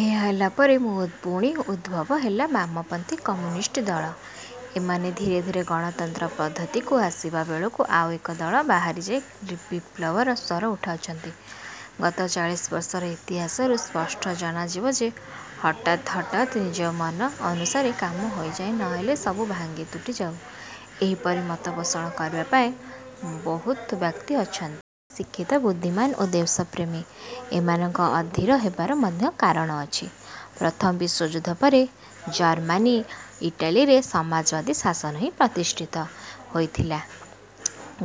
ଏହା ହେଲା ପରେ ପୁଣି ଉଦ୍ଭବ ହେଲା ବାମପନ୍ଥୀ କମ୍ୟୁନିଷ୍ଟ ଦଳ। ଏମାନେ ଧୀରେ ଧୀରେ ଗଣତନ୍ତ୍ର ପଦ୍ଧତିକୁ ଆସିବାବେଳକୁ ଆଉ ଏକ ଦଳ ବାହାରିଯାଇ ବିପ୍ଳବର ସ୍ୱର ଉଠାଇଛନ୍ତି। ଗତ ଚାଳିଶବର୍ଷର ଇତିହାସରୁ ସ୍ପଷ୍ଟ ଜଣାଯିବ ଯେ ହଠାତ୍ ହଠାତ୍ ନିଜ ମନ ଅନୁସାରେ କାମ ହୋଇଯାଉ ନହେଲେ ସବୁ ଭାଙ୍ଗି ତୁଟିଯାଉ ଏପରି ମତପୋଷଣ କରିବା ପାଇଁ ବହୁ ବ୍ୟକ୍ତି ଅଛନ୍ତି। ଏମାନେ ଶିକ୍ଷିତ, ବୁଦ୍ଧିମାନ ଓ ଦେଶପ୍ରେମୀ। ଏମାନଙ୍କ ଅଧୀର ହେବାର ମଧ୍ୟ କାରଣ ଅଛି। ପ୍ରଥମ ବିଶ୍ୱଯୁଦ୍ଧ ପରେ ଜର୍ମାନୀ ଓ ଇଟାଲୀରେ ସମାଜବାଦୀ ଶାସନ ହିଁ ପ୍ରତିଷ୍ଠିତ। ହୋଇଥିଲା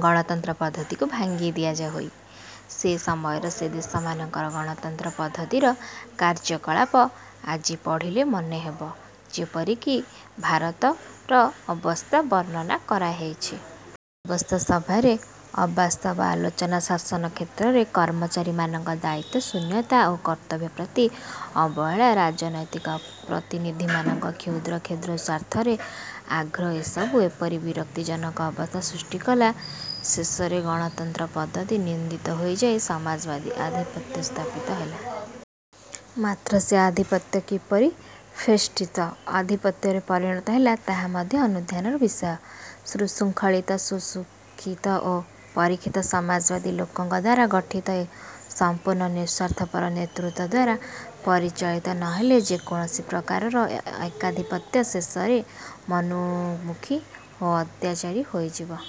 ଗଣତନ୍ତ୍ର ପଦ୍ଧତିକୁ ଭାଙ୍ଗି ଦିଆହୋଇ। ସେ ସମୟର ସେ ଦେଶମାନଙ୍କର ଗଣତନ୍ତ୍ର ପଦ୍ଧତିର କାର୍ଯ୍ୟକଳାପ ଆଜି ପଢ଼ିଲେ ମନେ ହେବ ଯେପରିକି ଭାରତର ଅବସ୍ଥା ବର୍ଣ୍ଣନା କରା ହେଉଛି। ବ୍ୟବସ୍ଥା ସଭାରେ ଅବାସ୍ତବ ଆଲୋଚନା, ଶାସନ କ୍ଷେତ୍ରରେ କର୍ମଚାରୀମାନଙ୍କ ଦାୟିତ୍ୱଶୂନ୍ୟତା ଓ କର୍ତ୍ତବ୍ୟ ପ୍ରତି ଅବହେଳା, ରାଜନୈତିକ ପ୍ରତିନିଧିମାନଙ୍କ କ୍ଷୁଦ୍ର କ୍ଷୁଦ୍ର ସ୍ୱାର୍ଥରେ ଆଗ୍ରହ ଏସବୁ ଏପରି ବିରକ୍ତିଜନକ ଅବସ୍ଥା ସୃଷ୍ଟି କଲା ଯେ ଶେଷରେ ଗଣତନ୍ତ୍ର ପଦ୍ଧତି ନିନ୍ଦିତ ହୋଇଯାଇ ସମାଜବାଦୀ ଆଧିପତ୍ୟ ସ୍ଥାପିତ ହେଲା। ମାତ୍ର ସେ ଆଧିପତ୍ୟ କିପରି ଫେସିଷ୍ଟ ଆଧିପତ୍ୟରେ ପରିଣତ ହେଲା ତାହା ମଧ୍ୟ ଅନୁଧ୍ୟାନର ବିଷୟ। ସୁଶୃଙ୍ଖଳିତ, ସୁଶିକ୍ଷିତ ଓ ପରୀକ୍ଷିତ ସମାଜବାଦୀ ଲୋକଙ୍କ ଦ୍ୱାରା ଗଠିତ ଓ ସମ୍ପୂର୍ଣ୍ଣ ନିସ୍ୱାର୍ଥପର ନେତୃତ୍ୱ ଦ୍ୱାରା ପରିଚାଳିତ ନ ହେଲେ ଯେ କୌଣସି ପ୍ରକାରର ଏକାଧିପତ୍ୟ ଶେଷରେ ମନମୁଖୀ ଓ ଅତ୍ୟାଚାରୀ ହୋଇଯିବ-।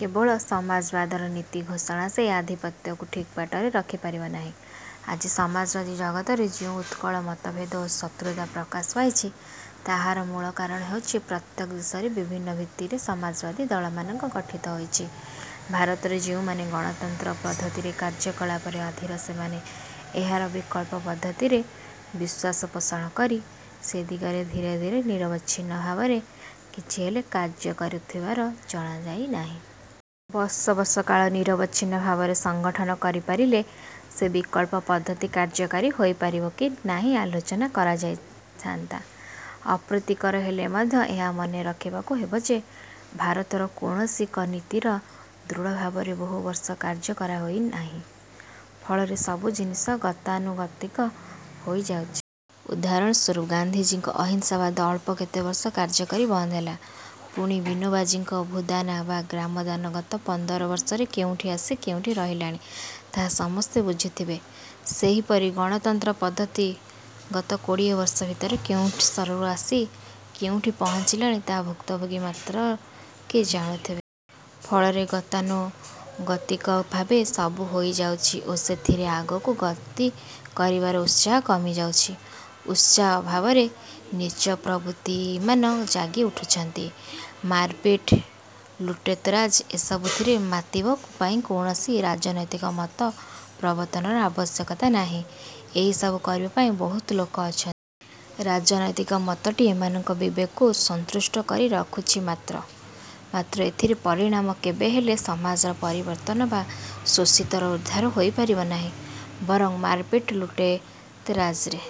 କେବଳ ସମାଜବାଦର ନୀତି ଘୋଷଣା ସେ ଆଧିପତ୍ୟକୁ ଠିକ୍ ବାଟରେ ରଖିପାରିବ ନାହିଁ-। ଆଜି ସମାଜବାଦୀ ଜଗତରେ ଯେଉଁ ଉତ୍କଟ ମତଭେଦ ବା ଶତ୍ରୁତା ପ୍ରକାଶ ପାଇଛି ତାହାର ମୂଳକାରଣ ହେଉଛି ପ୍ରତ୍ୟେକ ଦେଶରେ ବିଭିନ୍ନ ଭିତ୍ତିରେ ସମାଜବାଦୀ ଦଳମାନ ଗଠିତ ହୋଇଛି-। ଭାରତରେ ଯେଉଁମାନେ ଗଣତନ୍ତ୍ର ପଦ୍ଧତିର କାର୍ଯ୍ୟକଳାପରେ ଅଧୀର ସେମାନେ ଏହାର ବିକଳ୍ପ ପଦ୍ଧତିରେ ବିଶ୍ୱାସ ପୋଷଣ କରି ସେ ଦିଗରେ ଧୀର ନିରବଚ୍ଛିନ୍ନ ଭାବରେ କିଛି ହେଲେ କାର୍ଯ୍ୟ କରୁଥିବାର ଜଣାଯାଉନାହିଁ। ବର୍ଷ ବର୍ଷକାଳ ନିରବଚ୍ଛିନ୍ନ ଭାବରେ ସଂଗଠନ କରିପାରିଲେ ସେ ବିକଳ୍ପ ପଦ୍ଧତି କାର୍ଯ୍ୟକାରୀ ହୋଇ ପାରିବ କି ନାହିଁ ଆଲୋଚନା କରାଯାନ୍ତା। ଅପ୍ରୀତିକର ହେଲେ ମଧ୍ୟ ଏହା ମନେ ରଖିବାକୁ ହେବଯେ ଭାରତରେ କୌଣସି ଏକ ନୀତିର ଦୃଢ଼ଭାବରେ ବହୁବର୍ଷ କାର୍ଯ୍ୟ କରାହେଉ ନାହିଁ। ଫଳରେ ସବୁ ଜିନିଷ ଗତାନୁଗତିକ ହୋଇଯାଉଛି। ଉଦାହରଣ ସ୍ୱରୂପ ଗାନ୍ଧିଜୀଙ୍କ ଅହିଂସାବାଦ ଅଳ୍ପ କେତେବର୍ଷ କାର୍ଯ୍ୟ କରି ବନ୍ଦହେଲା। ପୁଣି ବିନୋବାଜୀଙ୍କ ଭୂଦାନ ବା ଗ୍ରାମଦାନ ଗତ ପନ୍ଦର ବର୍ଷରେ କେଉଁଠି ଆସି କେଉଁଠି ରହିଲାଣି, ତାହା ସମସ୍ତେ ବୁଝୁଥିବେ। ସେହିପରି ଗଣତନ୍ତ୍ର ପଦ୍ଧତି ଗତ କୋଡ଼ିଏବର୍ଷ ଭିତରେ କେଉଁ ସ୍ତରରୁ ଆସି କେଉଁଠି ପହୁଞ୍ଚିଲାଣି ତାହା ଭୁକ୍ତଭୋଗୀ ମାତ୍ରକେ ଜାଣୁଥିବେ। ଫଳରେ ଗତାନୁଗତିକ ଭାବେ ସବୁ ହୋଇଯାଉଛି ଓ ସେଥିରେ ଆଗକୁ ଗତି କରିବାର ଉତ୍ସାହ କମିଯାଉଛି। ଉତ୍ସାହ ଅଭାବରେ ନୀଚ ପ୍ରବୃତ୍ତିମାନ ଜାଗି ଉଠୁଛନ୍ତି। ମାରପିଟ୍ ଲୁଟତରାଜ ଏ ସବୁଥିରେ ମାତିବା ପାଇଁ କୌଣସି ରାଜନୈତିକ ମତ ପ୍ରବର୍ତ୍ତନର ଆବଶ୍ୟକତା ନାହିଁ। ଏ ସବୁ କରିବା ପାଇଁ ବହୁ ଲୋକ ଅଛନ୍ତି। ରାଜନୈତିକ ମତଟି ଏମାନଙ୍କ ବିବେକକୁ ସନ୍ତୁଷ୍ଟ କରି ରଖୁଛି ମାତ୍ର। ମାତ୍ର ଏଥିରେ ପରିଣାମ କେବେହେଲେ ସମାଜର ପରିବର୍ତ୍ତନ ବା ଶୋଷିତର ଉଦ୍ଧାର ହୋଇ ପାରିବ ନାହିଁ। ବରଂ ମାରପିଟ ଲୁଟତରାଜରେ